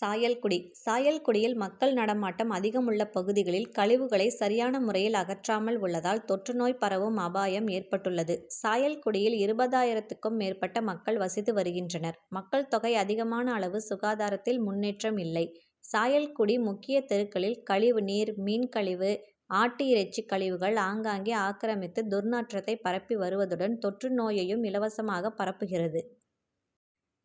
சாயல்குடி சாயல்குடியில் மக்கள் நடமாட்டம் அதிகம் உள்ள பகுதிகளில் கழிவுகளை சரியான முறையில் அகற்றாமல் உள்ளதால் தொற்று நோய் பரவும் அபாயம் ஏற்பட்டுள்ளது. சாயல்குடியில் இருபதாயிரத்திற்கும் மேற்பட்ட மக்கள் வசித்து வருகின்றனர். மக்கள் தொகை அதிகமான அளவு சுகாதாரத்தில் முன்னேற்றம் இல்லை. சாயல்குடி முக்கிய தெருக்களில் கழிவு நீர், மீன் கழிவு, ஆட்டு இறைச்சி கழிவுகள் ஆங்காங்கே ஆக்கிரமித்து துர்நாற்றத்தை பரப்பி வருவதுடன் தொற்று நோயையும் இலவசமாக பரப்புகிறது.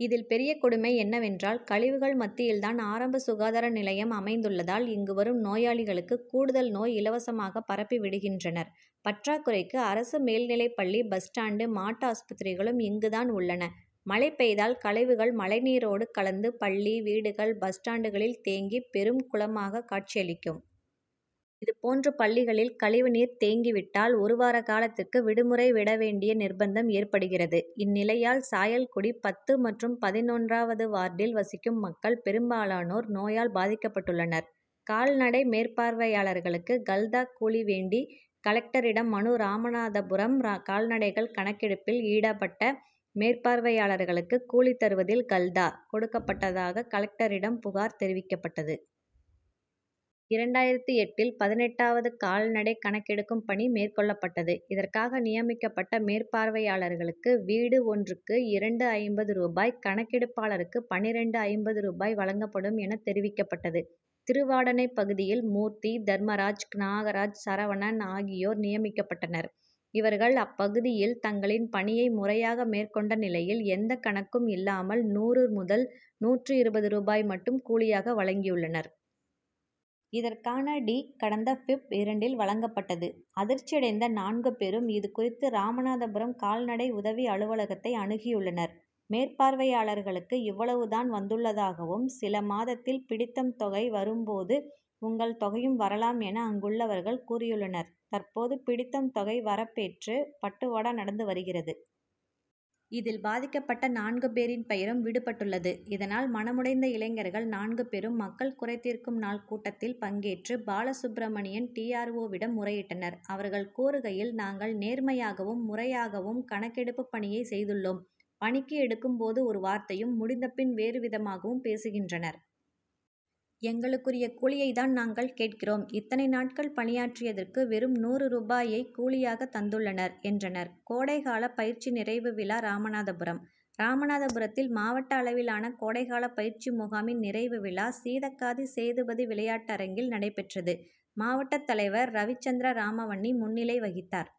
இதில் பெரிய கொடுமை என்னவென்றால் கழிவுகள் மத்தியில்தான் ஆரம்ப சுகாதார நிலையம் அமைந்துள்ளதால் இங்கு வரும் நோயாளிகளுக்கு கூடுதல் நோய் இலவசமாக பரப்பிவிடுகின்றனர். பற்றாக்குறைக்கு அரசு மேல்நிலைப் பள்ளி, பஸ் ஸ்டாண்டு, மாட்டு ஆஸ்பத்திரிகளும் இங்குதான் உள்ளன. மழை பெய்தால் கழிவுகள் மழைநீரோடு கலந்து பள்ளி, வீடுகள், பஸ் ஸ்டாண்டுகளில் தேங்கி பெரும் குளமாக காட்சியளிக்கும். இது போன்று பள்ளிகளில் கழிவுநீர் தேங்கிவிட்டால் ஒரு வார காலத்திற்கு விடுமுறை விடவேணடிய நிர்ப்பந்தம் ஏற்படுகிறது. இந்நிலையால் சாயல்குடி பத்து மற்றும் பதினொன்று வது வார்டில் வசிக்கும் மக்கள் பெரும்பாலானோர் நோயால் பாதிக்கப் பட்டுள்ளனர். கால்நடை மேற்பார்வையாளர்களுக்கு கல்தா கூலி வேண்டி கலெக்டரிடம் மனு ராமநாதபுரம் கால்நடைகள் கணக்கெடுப்பில் ஈடபட்ட மேற்பார்வையாளர்களுக்கு கூலி தருவதில் கல்தா' கொடுக்கப்பட்டதாக, கலெக்டரிடம் புகார் தெரிவிக்கப்பட்டது. இரண்டாயிரத்து எட்டு இல் பதினெட்டாவது கால்நடை கணக்கெடுக்கும் பணி மேற்கொள்ளப்பட்டது. இதற்காக நியமிக்கப்பட்ட மேற்பார்வையாளர்களுக்கு வீடு ஒன்றுக்கு இரண்டு.ஐம்பது ரூபாய், கணக்கெடுப்பாளருக்கு பன்னிரண்டு. ஐம்பது ரூபாய் வழங்கப்படும் என தெரிவிக்கப்பட்டது. திருவாடானை பகுதியில் மூர்த்தி, தர்மராஜ், நாகராஜ், சரவணன் ஆகியோர் நியமிக்கப்பட்டனர். இவர்கள் அப்பகுதியில் தங்களின் பணியை முறையாக மேற்கொண்ட நிலையில், எந்த கணக்கும் இல்லாமல், நூறு முதல் நூற்று இருபது ரூபாயை மட்டும் கூலியாக வழங்கியுள்ளனர். இதற்கான டி. கடந்த பிப்.,இரண்டில் வழங்கப்பட்டது. அதிர்ச்சி அடைந்த நான்கு பேரும், இது குறித்து ராமநாதபுரம் கால்நடை உதவி அலுவலகத்தை அனுகியுள்ளனர். மேற்பார்வையாளர்களுக்கு இவ்வளவு தான் வந்துள்ளதாகவும், சில மாதத்தில் பிடித்தம் தொகை வரும் போது, உங்கள் தொகையும் வரலாம் என, அங்குள்ளவர்கள் கூறியுள்ளனர். தற்போது பிடித்தம் தொகை வரப்பேற்று பட்டுவாடா நடந்து வருகிறது. இதில் பாதிக்கப்பட்ட நான்கு பேரின் பெயரும் விடுபட்டுள்ளது. இதனால் மனமுடைந்த இளைஞர்கள் நான்கு பேரும் மக்கள் குறைதீர்க்கும் நாள் கூட்டத்தில் பங்கேற்று, பாலசுப்பிரமணியன் டி. ஆர். ஓ.,விடம் முறையிட்டனர். அவர்கள் கூறுகையில், நாங்கள் நேர்மையாகவும், முறையாகவும் கணக்கெடுப்பு பணியை செய்துள்ளோம். பணிக்கு எடுக்கும் போது ஒரு வார்த்தையும், முடிந்த பின் வேறுவிதமாகவும் பேசுகின்றனர். எங்களுக்குரிய கூலியை தான் நாங்கள் கேட்கிறோம். இத்தனை நாட்கள் பணியாற்றியதற்கு வெறும் நூறு ரூபாயை கூலியாக தந்துள்ளனர், என்றனர். கோடை கால பயிற்சி நிறைவு விழா ராமநாதபுரம் ராமநாதபுரத்தில் மாவட்ட அளவிலான கோடைகால பயிற்சி முகாமின் நிறைவு விழா சீதக்காதி சேதுபதி விளையாட்டரங்கில் நடைபெற்றது. மாவட்ட தலைவர் ரவிசந்திரராமவன்னி முன்னிலை வகித்தார்.